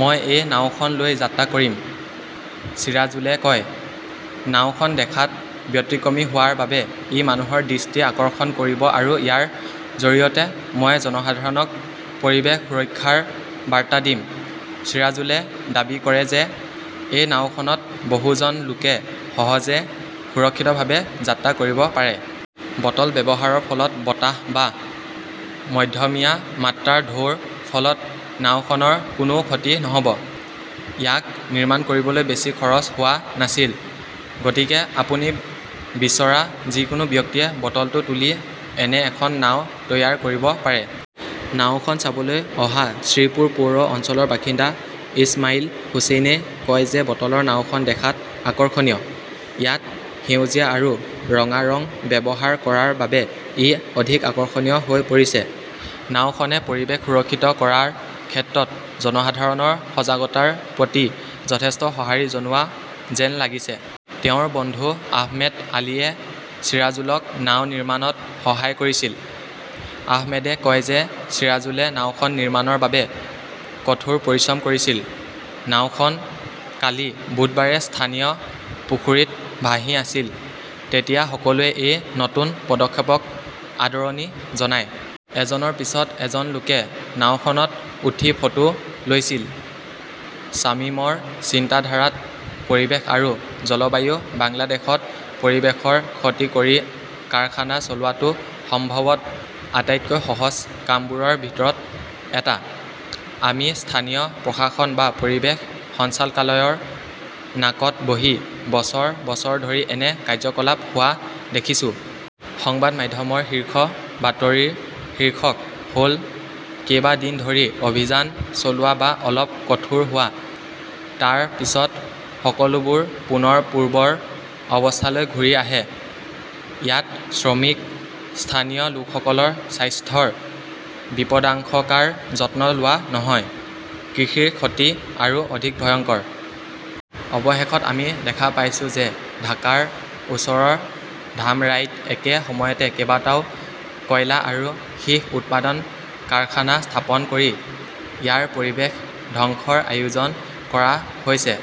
মই এই নাওখন লৈ যাত্ৰা কৰিম, চিৰাজুলে কয়। নাওখন দেখাত ব্যতিক্ৰমী হোৱাৰ বাবে ই মানুহৰ দৃষ্টি আকৰ্ষণ কৰিব আৰু ইয়াৰ জৰিয়তে মই জনসাধাৰণক পৰিৱেশ সুৰক্ষাৰ বাৰ্তা দিম। চিৰাজুলে দাবী কৰে যে এই নাওখনত বহুজন লোকে সহজে সুৰক্ষিতভাৱে যাত্ৰা কৰিব পাৰে। বটল ব্যৱহাৰৰ ফলত বতাহ বা মধ্যমীয়া মাত্ৰাৰ ঢৌৰ ফলত নাওখনৰ কোনো ক্ষতি নহ'ব। ইয়াক নিৰ্মাণ কৰিবলৈ বেছি খৰচ হোৱা নাছিল। গতিকে আপুনি বিচৰা যিকোনো ব্যক্তিয়ে বটলটো তুলি এনে এখন নাও তৈয়াৰ কৰিব পাৰে। নাওখন চাবলৈ অহা শ্ৰীপুৰ পৌৰ অঞ্চলৰ বাসিন্দা ইছমাইল হুচেইনে কয় যে বটলৰ নাওখন দেখাত আকৰ্ষণীয়। ইয়াত সেউজীয়া আৰু ৰঙা ৰং ব্যৱহাৰ কৰাৰ বাবে ই অধিক আকৰ্ষণীয় হৈ পৰিছে। নাওখনে পৰিৱেশ সুৰক্ষিত কৰাৰ ক্ষেত্ৰত জনসাধাৰণৰ সজাগতাৰ প্ৰতি যথেষ্ট সঁহাৰি জনোৱা যেন লাগিছে। তেওঁৰ বন্ধু আহমেদ আলীয়ে ছিৰাজুলক নাও নিৰ্মাণত সহায় কৰিছিল। আহমেদে কয় যে চিৰাজুলে নাওখন নিৰ্মাণৰ বাবে কঠোৰ পৰিশ্ৰম কৰিছিল। নাওখন কালি বুধবাৰে স্থানীয় পুখুৰীত ভাহি আছিল। তেতিয়া সকলোৱে এই নতুন পদক্ষেপক আদৰণি জনায়। এজনৰ পিছত এজন লোকে নাওখনত উঠি ফটো লৈছিল। শ্বামিমৰ চিন্তাধাৰাত পৰিৱেশ আৰু জলবায়ু বাংলাদেশত পৰিৱেশৰ ক্ষতি কৰি কাৰখানা চলোৱাটো সম্ভৱতঃ আটাইতকৈ সহজ কামবোৰৰ ভিতৰত এটা। আমি স্থানীয় প্ৰশাসন বা পৰিৱেশ সঞ্চালকালয়ৰ নাকত বহি বছৰ বছৰ ধৰি এনে কাৰ্যকলাপ হোৱা দেখিছোঁ। সংবাদ মাধ্যমৰ শীৰ্ষ বাতৰিৰ শীৰ্ষক হ'ল কেইবা দিন ধৰি অভিযান চলোৱা বা অলপ কঠোৰ হোৱা, তাৰ পিছত সকলোবোৰ পুনৰ পূৰ্বৰ অৱস্থালৈ ঘূৰি আহে। ইয়াত শ্ৰমিক, স্থানীয় লোকসকলৰ স্বাস্থ্যৰ বিপদাশংকাৰ যত্ন লোৱা নহয়। কৃষিৰ ক্ষতি আৰু অধিক ভয়ংকৰ। অৱশেষত আমি দেখা পাইছো যে ঢাকাৰ ওচৰৰ ধামৰাইত একে সময়তে কেইবাটাও কয়লা আৰু সীহ উৎপাদন কাৰখানা স্থাপন কৰি ইয়াৰ পৰিৱেশ ধ্বংসৰ আয়োজন কৰা হৈছে।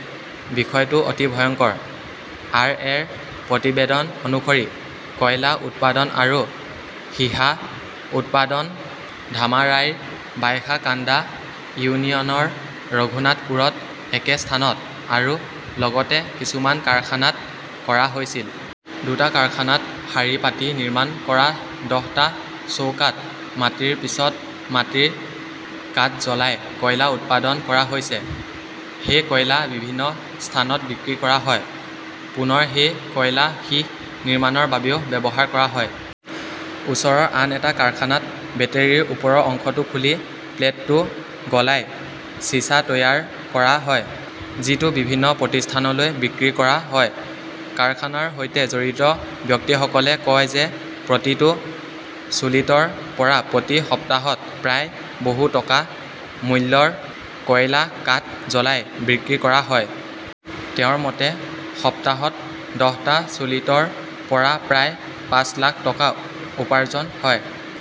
বিষয়টো অতি ভয়ংকৰ। আৰ. এ. -ৰ প্ৰতিবেদন অনুসৰি, কয়লা উৎপাদন আৰু সীসা উৎপাদন ধামাৰাইৰ বাইশাকাণ্ডা ইউনিয়নৰ ৰঘুনাথপুৰত একে স্থানত আৰু লগতে কিছুমান কাৰখানাত কৰা হৈছিল। দুটা কাৰখানাত শাৰী পাতি নিৰ্মাণ কৰা দহটা চৌকাত মাটিৰ পিছত মাটিৰ কাঠ জ্বলাই কয়লা উৎপাদন কৰা হৈছে। সেই কয়লা বিভিন্ন স্থানত বিক্ৰী কৰা হয়। পুনৰ সেই কয়লা সীহ নিৰ্মাণৰ বাবেও ব্যৱহাৰ কৰা হয়। ওচৰৰ আন এটা কাৰখানাত বেটাৰীৰ ওপৰৰ অংশটো খুলি প্লেটটো গলাই চিছা তৈয়াৰ কৰা হয়, যিটো বিভিন্ন প্ৰতিষ্ঠানলৈ বিক্ৰী কৰা হয়। কাৰখানাৰ সৈতে জড়িত ব্যক্তিসকলে কয় যে প্ৰতিটো চুলিতৰ পৰা প্ৰতি সপ্তাহত প্ৰায় বহু টকা মূল্যৰ কয়লা কাঠ জ্বলাই বিক্ৰী কৰা হয়। তেওঁৰ মতে, সপ্তাহত দহটা চুলিতৰ পৰা প্ৰায় পাঁচ লাখ টকা উপাৰ্জন হয়।